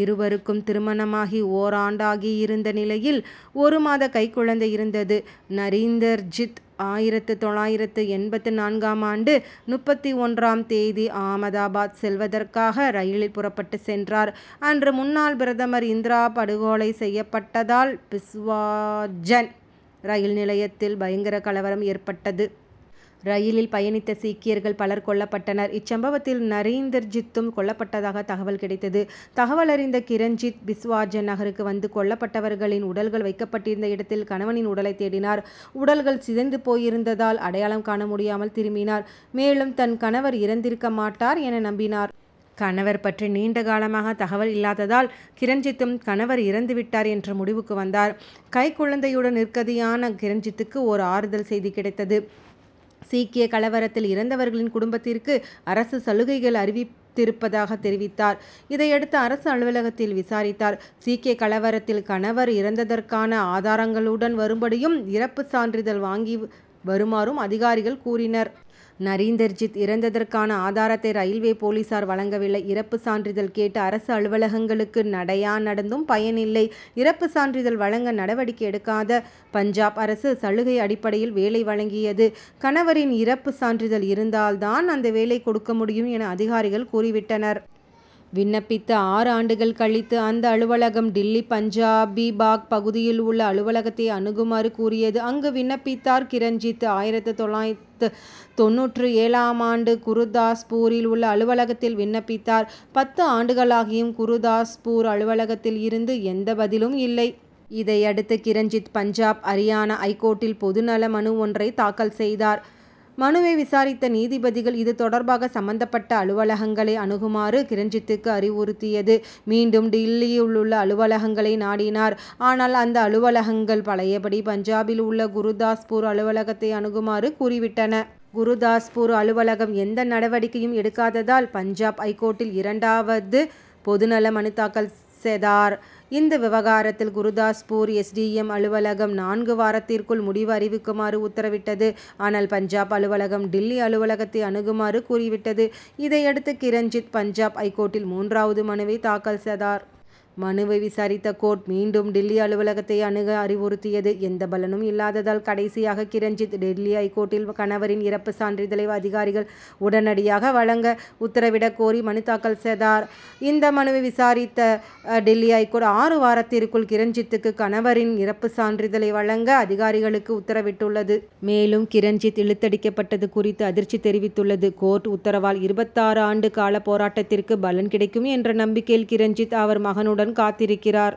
இருவருக்கும் திருமணமாகி ஓராண்டாகியிருந்த நிலையில், ஒரு மாத கைக்குழந்தை இருந்தது. நரீந்தர்ஜித், ஆயிரத்து தொள்ளாயிரத்து எண்பத்து நான்காம் ஆண்டு முப்பத்தொன்றாம் தேதி ஆமதாபாத் செல்வதற்காக, ரயிலில் புறப்பட்டுச் சென்றார். அன்று, முன்னாள் பிரதமர் இந்திரா படுகொலை செயப்பட்டதால், பிஸ்வாஜன் ரயில் நிலையத்தில் பயங்கர கலவரம் ஏற்பட்டது. ரயிலில் பயணித்த சீக்கியர்கள் பலர் கொல்லப்பட்டனர். இச்சம்பவத்தில் நரீந்தர்ஜித்தும் கொல்லப்பட்டதாக தகவல் கிடைத்தது. தகவலறிந்த கிரண்ஜித், பிஸ்வாஜன் நகருக்கு வந்து கொல்லப்பட்டவர்களின் உடல்கள் வைக்கப்பட்டிருந்த இடத்தில் கணவனின் உடலை தேடினார். உடல்கள் சிதைந்து போயிருந்ததால் அடையாளம் காண முடியாமல் திரும்பினார். மேலும், தன் கணவர் இறந்திருக்க மாட்டார் என நம்பினார். கணவர் பற்றி நீண்ட காலமாக தகவல் இல்லாததால், கிரண்ஜித்தும் கணவர் இறந்து விட்டார் என்ற முடிவுக்கு வந்தார். கைக்குழந்தையுடன் நிர்கதியான கிரண்ஜித்துக்கு, ஒரு ஆறுதல் செதி கிடைத்தது. சீக்கிய கலவரத்தில் இறந்தவர்களின் குடும்பத்திற்கு, அரசு சலுகைகள் அறிவித்திருப்பதாக தெரிவித்தார் இதையடுத்து அரசு அலுவலகத்தில் விசாரித்தார். சீக்கிய கலவரத்தில் கணவர் இறந்ததற்கான ஆதாரங்களுடன் வரும்படியும், இறப்பு சான்றிதழ் வாங்கி வருமாறும், அதிகாரிகள் கூறினர். நரீந்தர்ஜித் இறந்ததற்கான ஆதாரத்தை ரயில்வே போலீசார் வழங்கவில்லை. இறப்பு சான்றிதழ் கேட்டு அரசு அலுவலகங்களுக்கு, நடையா நடந்தும் பயனில்லை. இறப்பு சான்றிதழ் வழங்க நடவடிக்கை எடுக்காத பஞ்சாப் அரசு, சலுகை அடிப்படையில் வேலை வழங்கியது. கணவரின் இறப்பு சான்றிதழ் இருந்தால் தான் அந்த வேலை கொடுக்க முடியும் என, அதிகாரிகள் கூறிவிட்டனர். விண்ணப்பித்து ஆறு ஆண்டுகள் கழித்து அந்த அலுவலகம், டில்லி பஞ்சாபிபாக் பகுதியில் உள்ள அலுவலகத்தை அணுகுமாறு கூறியது. அங்கு விண்ணப்பித்தார் கிரண்ஜித். ஆயிரத்து தொள்ளாயிரத்து தொண்ணூற்று ஏழாம் ஆண்டு, குருதாஸ்பூரில் உள்ள அலுவலகத்தில் விண்ணப்பித்தார். பத்து ஆண்டுகளாகியும் குருதாஸ்பூர் அலுவலகத்தில் இருந்து எந்த பதிலும் இல்லை. இதையடுத்து கிரண்ஜித் பஞ்சாப் அரியானா ஐகோர்ட்டில் பொதுநல மனு ஒன்றை தாக்கல் செதார். மனுவை விசாரித்த நீதிபதிகள் இது தொடர்பாக சம்பந்தப்பட்ட அலுவலகங்களை அணுகுமாறு, கிரண்ஜித்திற்கு அறிவுறுத் தியது. மீண்டும் டில்லியில் உள்ள அலுவலகங்களை நாடினார். ஆனால் அந்த அலுவலகங்கள் பழையபடி பஞ்சாபில் உள்ள குருதாஸ்பூர் அலுவலகத்தை அணுகுமாறு கூறிவிட்டன. குருதாஸ்பூர் அலுவலகம் எந்த நடவடிக்கையும் எடுக்காததால், பஞ்சாப் ஐகோர்ட்டில் இரண்டாவது பொதுநல மனு தாக்கல் செதார். இந்த விவகாரத்தில் குருதாஸ்பூர் எஸ். டி. எம்., அலுவலகம், நான்கு வாரத்திற்குள் முடிவு அறிவிக்குமாறு உத்தரவிட்டது. ஆனால், பஞ்சாப் அலுவலகம், டில்லி அலுவலகத்தை அணுகுமாறு கூறி விட்டது. இதையடுத்து, கிரண்ஜித், பஞ்சாப் ஐகோர்ட்டில் மூன்றாவது மனுவை தாக்கல் செதார். மனுவை விசாரித்த கோர்ட் மீண்டும் டில்லி அலுவலகத்தை அணுக அறிவுறுத்தியது. எந்த பலனும் இல்லாததால் கடைசியாக கிரண்ஜித், டில்லி ஐகோர்ட்டில் கணவரின் இறப்புச் சான்றிதழை அதிகாரிகள் உடனடியாக வழங்க உத்தரவிட கோரி மனு தாக்கல் செதார். இந்த மனுவை விசாரித்த டில்லி ஐகோர்ட், ஆறு வாரத்திற்குள் கிரண்ஜித்துக்கு கணவரின் இறப்புச் சான்றிதழை வழங்க, அதிகாரிகளுக்கு உத்தரவிட்டுள்ளது. மேலும் கிரண்ஜித் இழுத்தடிக்கப்பட்டது குறித்து அதிர்ச்சி தெரிவித்துள்ளது. கோர்ட் உத்தரவால், இருபத்தாறு ஆண்டு கால போராட்டத்திற்கு பலன் கிடைக்கும் என்ற நம்பிக்கையில் கிரண்ஜித், அவர் மகனுடன் காத்திருக்கிறார்.